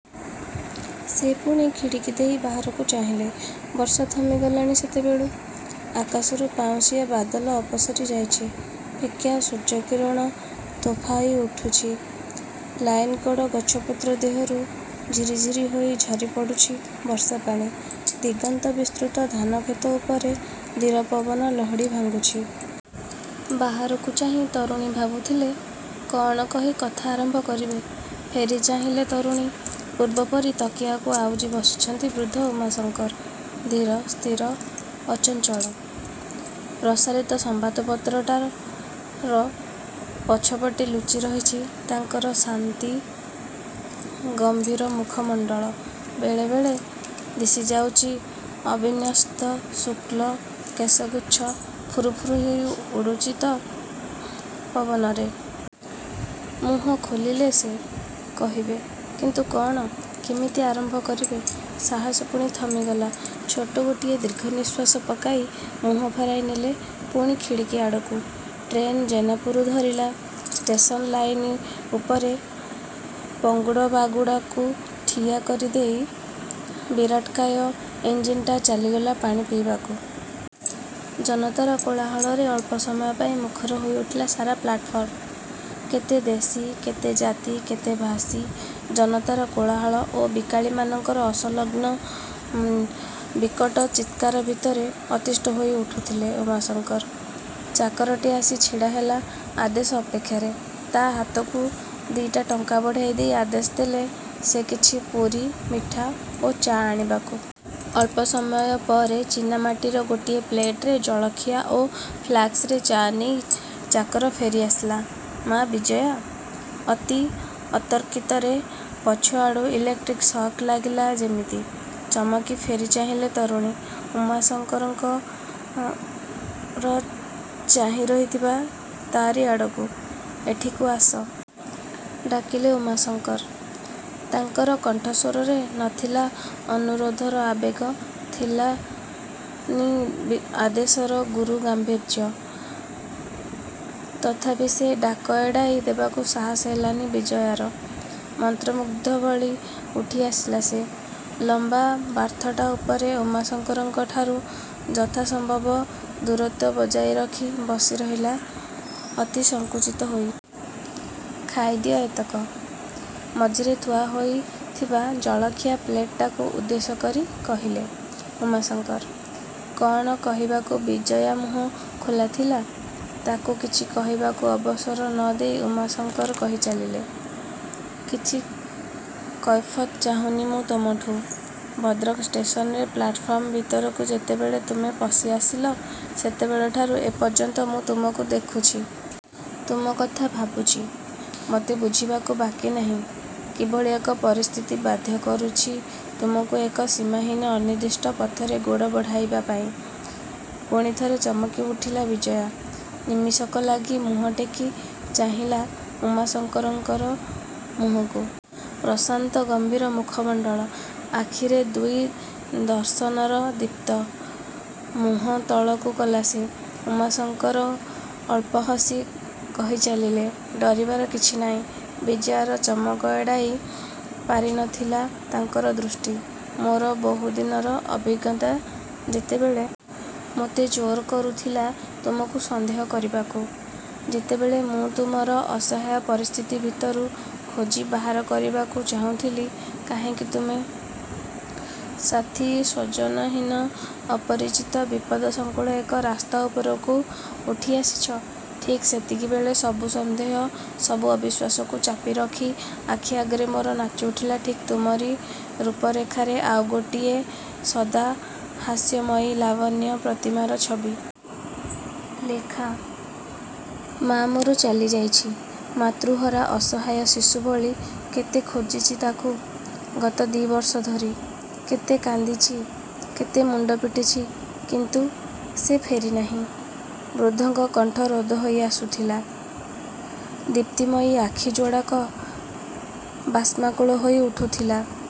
ସେ ପୁଣି ଖିଡ଼ିକି ଦେଇ ବାହାରକୁ ଚାହିଁଲେ। ବର୍ଷା ଥମି ଗଲାଣି କେତେବେଳୁ। ଆକାଶରୁ ପାଉଁଶିଆ ବାଦଲ ଅପସରି ଯାଇଛି। ଫିକା ସୂର୍ଯ୍ୟ କିରଣ ତୋଫା ହୋଇ ଉଠୁଛି। ଲାଇନ କଡ଼ ଗଛପତ୍ର ଦେହରୁ ଝିରିଝିରି ହୋଇ ଝରି ପଡ଼ୁଛି ବର୍ଷା ପାଣି। ଦିଗନ୍ତ ବିସ୍ତୃତ ଧାନ କ୍ଷେତ ଉପରେ ଧୀର ପବନ ଲହଡ଼ି ଭାଙ୍ଗୁଛି। ବାହାରକୁ ଚାହିଁ ତରୁଣୀ ଭାବୁଥିଲେ କ'ଣ କହି କଥା ଆରମ୍ଭ କରିବେ। ଫେରି ଚାହିଁଲେ ତରୁଣୀ। ପୂର୍ବପରି ତକିଆକୁ ଆଉଜି ବସିଛନ୍ତି ବୃଦ୍ଧ ଉମାଶଙ୍କର। ଧୀର, ସ୍ଥିର, ଅଚଞ୍ଚଳ। ପ୍ରସାରିତ ସମ୍ଵାଦପତ୍ରଟାର ପଛ ପଟେ ଲୁଚି ରହିଚି ତାଙ୍କର ଶାନ୍ତି ଗମ୍ଭୀର ମୁଖ ମଣ୍ତଳ। ବେଳେ ବେଳେ ଦିଶି ଯାଉଚି ଅବିନ୍ୟସ୍ତ ଶୁକ୍ଳ କେଶଗୁଚ୍ଛ, ଫୁରୁ ଫୁରୁ ହୋଇ ଉଡ଼ୁଚିତ ପବନରେ। ମୁହଁ ଖୋଲିଲେ ସେ। କହିବେ। କିନ୍ତୁ କ'ଣ…? କେମିତି ଆରମ୍ଭ କରିବେ? ସାହସ ପୁଣି ଥମି ଗଲା। ଛୋଟ ଗୋଟିଏ ଦୀର୍ଘ ନିଶ୍ଵାସ ପକାଇ ମୁହଁ ଫେରାଇ ନେଲେ ପୁଣି ଖିଡ଼ିକି ଆଡ଼କୁ। ଟ୍ରେନ୍ ଜେନାପୁର ଧରିଲା। ଷ୍ଟେସନ ଲାଇନ୍ ଉପରେ ପଙ୍ଗୁଡ଼ବାଗୁଡ଼ାକୁ ଠିଆ କରିଦେଇ ବିରାଟକାୟ ଇଞ୍ଜିନ୍ଟା ଚାଲିଗଲା ପାଣି ପିଇବାକୁ। ଜନତାର କୋଳାହଳରେ ଅଳ୍ପସମୟ ପାଇଁ ମୁଖର ହୋଇ ଉଠିଲା ସାରା ପ୍ଲାଟଫର୍ମ। କେତେ ଦେଶି—କେତେ ଜାତି—କେତେ ଭାଷି, ଜନତାର କୋଳାହଳ ଓ ବିକାଳିମାନଙ୍କର ଅସଂଲଗ୍ନ ବିକଟ ଚିତ୍କାର ଭିତରେ ଅତିଷ୍ଠ ହୋଇ ଉଠୁଥିଲେ ଉମାଶଙ୍କର। ଚାକରଟି ଆସି ଛିଡ଼ାହେଲା ଆଦେଶ ଅପେକ୍ଷାରେ। ତା' ହାତକୁ ଦି'ଟା ଟଙ୍କା ବଢ଼ାଇ ଦେଇ ଆଦେଶ ଦେଲେ ସେ କିଛି ପୁରି, ମିଠା ଓ ଚା ଆଣିବାକୁ। ଅଳ୍ପସମୟ ପରେ ଚିନାମାଟିର ଗୋଟାଏ ପ୍ଲେଟରେ ଜଳଖିଆ ଓ ଫ୍ଲାଷ୍କରେ ଚା' ନେଇ ଚାକର ଫେରି ଆସିଲା। "ମା ବିଜୟା। '' ଅତି ଅତର୍କିତରେ ପଛଆଡ଼ୁ ଇଲେକ୍ଟ୍ରିକ୍ ସକ୍ ଲାଗିଲା ଯେମିତି, ଚମକି ଫେରି ଚାହିଁଲେ ତରୁଣୀ। ଉମାଶଙ୍କର ଚାହିଁ ରହିଥିଲେ ତା'ରି ଆଡ଼କୁ। "ଏଇଠିକୁ ଆସ। '' ଡାକିଲେ ଉମାଶଙ୍କର। ତାଙ୍କର କଣ୍ଠସ୍ଵରରେ ନ ଥିଲା ଅନୁରୋଧର ଆବେଗ। ଥିଲା ନି ଆଦେଶର ଗୁରୁ ଗାମ୍ଭୀର୍ଯ୍ୟ। ତଥାପି ସେ ଡାକ ଏଡ଼ାଇ ଦେବାକୁ ସାହାସ ହେଲାନି ବିଜୟାର। ମନ୍ତ୍ରମୁଗ୍ଧ ଭଳି ଉଠି ଆସିଲା ସେ। ଲମ୍ଵା ବାର୍ଥଟା ଉପରେ ଉମାଶଙ୍କରଙ୍କ ଠାରୁ ଯଥା ସମ୍ଭବ ଦୂରତ୍ଵ ବଜାୟ ରଖି ବସି ରହିଲା ଅତି ସଙ୍କୁଚିତ ହୋଇ। "ଖାଇ ଦିଅ ଏତକ। '' ମଝିରେ ଥୁଆ ହୋଇଥିବା ଜଳଖିଆ ପ୍ଲେଟଟାକୁ ଉଦ୍ଦେଶ୍ୟ କରି କହିଲେ—ଉମାଶଙ୍କର। କ'ଣ କହିବାକୁ ବିଜୟା ମୁହଁ ଖୋଲାଥିଲା। ତାକୁ କିଛି କହିବାକୁ ଅବସର ନ ଦେଇ ଉମାଶଙ୍କର କହି ଚାଲିଲେ—"କିଛି। କୈଫତ ଚାହୁଁନି ମୁଁ ତମଠୁଁ। '' ଭଦ୍ରକ ଷ୍ଟେସନରେ ପ୍ଲାଟଫର୍ମ ଭିତରକୁ ଯେତେବେଳେ ତୁମେ ପଶି ଆସିଲ, ସେତେବେଳ ଠାରୁ ଏ ପର୍ଯ୍ୟନ୍ତ ମୁଁ ତୁମକୁ ଦେଖୁଚି। ତୁମ କଥା ଭାବୁଚି। ମୋତେ ବୁଝିବାକୁ ବାକି ନାହିଁ କିଭଳି ଏକ ପରିସ୍ଥିତି ବାଧ୍ୟ କରିଛି ତୁମକୁ ଏକ ସୀମାହୀନ ଅନିର୍ଦ୍ଦିଷ୍ଟ ପଥରେ ଗୋଡ଼ ବଢ଼ାଇବା ପାଇଁ…। '' ପୁଣି ଥରେ ଚମକି ଉଠିଲା ବିଜୟା। ନିମିଷକ ଲାଗି ମୁହଁ ଟେକି ଚାହିଁଲା ଉମାଶଙ୍କରଙ୍କ ମୁହଁକୁ। ପ୍ରଶାନ୍ତ ଗମ୍ଭୀର ମୁଖ ମଣ୍ଡଳ। ଆଖିରେ ଦୂର ଦର୍ଶନର ଦୀପ୍ତ। ମୁହଁ ତଳକୁ କଲା ସେ। ଉମାଶଙ୍କର ଅଳ୍ପ ହସି କହି ଚାଲିଲେ—। "ଡରିବାର କିଛି ନାହିଁ। '' ବିଜୟାର ଚମକ ଏଡ଼ାଇ ପାରି ନ ଥିଲା ତାଙ୍କର ଦୃଷ୍ଟି। ମୋର ବହୁଦିନର ଅଭିଜ୍ଞତା ଯେତେବେଳେ ମୋତେ ଜୋର କରୁଥିଲା ତୁମକୁ ସନ୍ଦେହ କରିବାକୁ, ଯେତେବେଳେ ମୁଁ ତୁମର ଅସହାୟ ପରିସ୍ଥିତି ଭିତରୁ ଖୋଜି ବାହାର କରିବାକୁ ଚାହୁଁଥିଲି କାହିଁକି ତୁମେ ସାଥି ସ୍ଵଜନହୀନ, ଅପରିଚିତ ବିପଦ ସଙ୍କୁଳ ଏକ ରାସ୍ତା ଉପରକୁ ଉଠି ଆସିଚ, ଠିକ୍ ସେତିକିବେଳେ ସବୁ ସନ୍ଦେହ ସବୁ ଅବିଶ୍ୱାସକୁ ଚାପି ରଖି ଆଖି ଆଗରେ ମୋର ନାଚି ଉଠିଲା ଠିକ୍ ତୁମରି ରୂପ ରେଖାର ଆଉ ଗୋଟିଏ ସଦା–ହାସ୍ୟମୟୀ ଲାବଣ୍ୟ ପ୍ରତିମାର ଛବି। ଲେଖା! ମା' ମୋର ଚାଲି ଯାଇଛି। ମାତୃହରା ଅସହାୟ ଶିଶୁ ଭଳି କେତେ ଖୋଜିଚି ତାକୁ ଗତ ଦି' ବର୍ଷ ଧରି। କେତେ କାନ୍ଦିଚି। କେତେ ମୁଣ୍ଡ ପିଟିଛି। କିନ୍ତୁ ସେ ଫେରିନାହିଁ…..। '' ବୃଦ୍ଧଙ୍କ କଣ୍ଠ ରୋଧ ହୋଇ ଆସୁଥିଲା। ଦିପ୍ତୀମୟ ଆଖି ଯୋଡ଼ିକ ବାଷ୍ମାକୁଳ ହୋଇ ଉଠୁଥିଲା।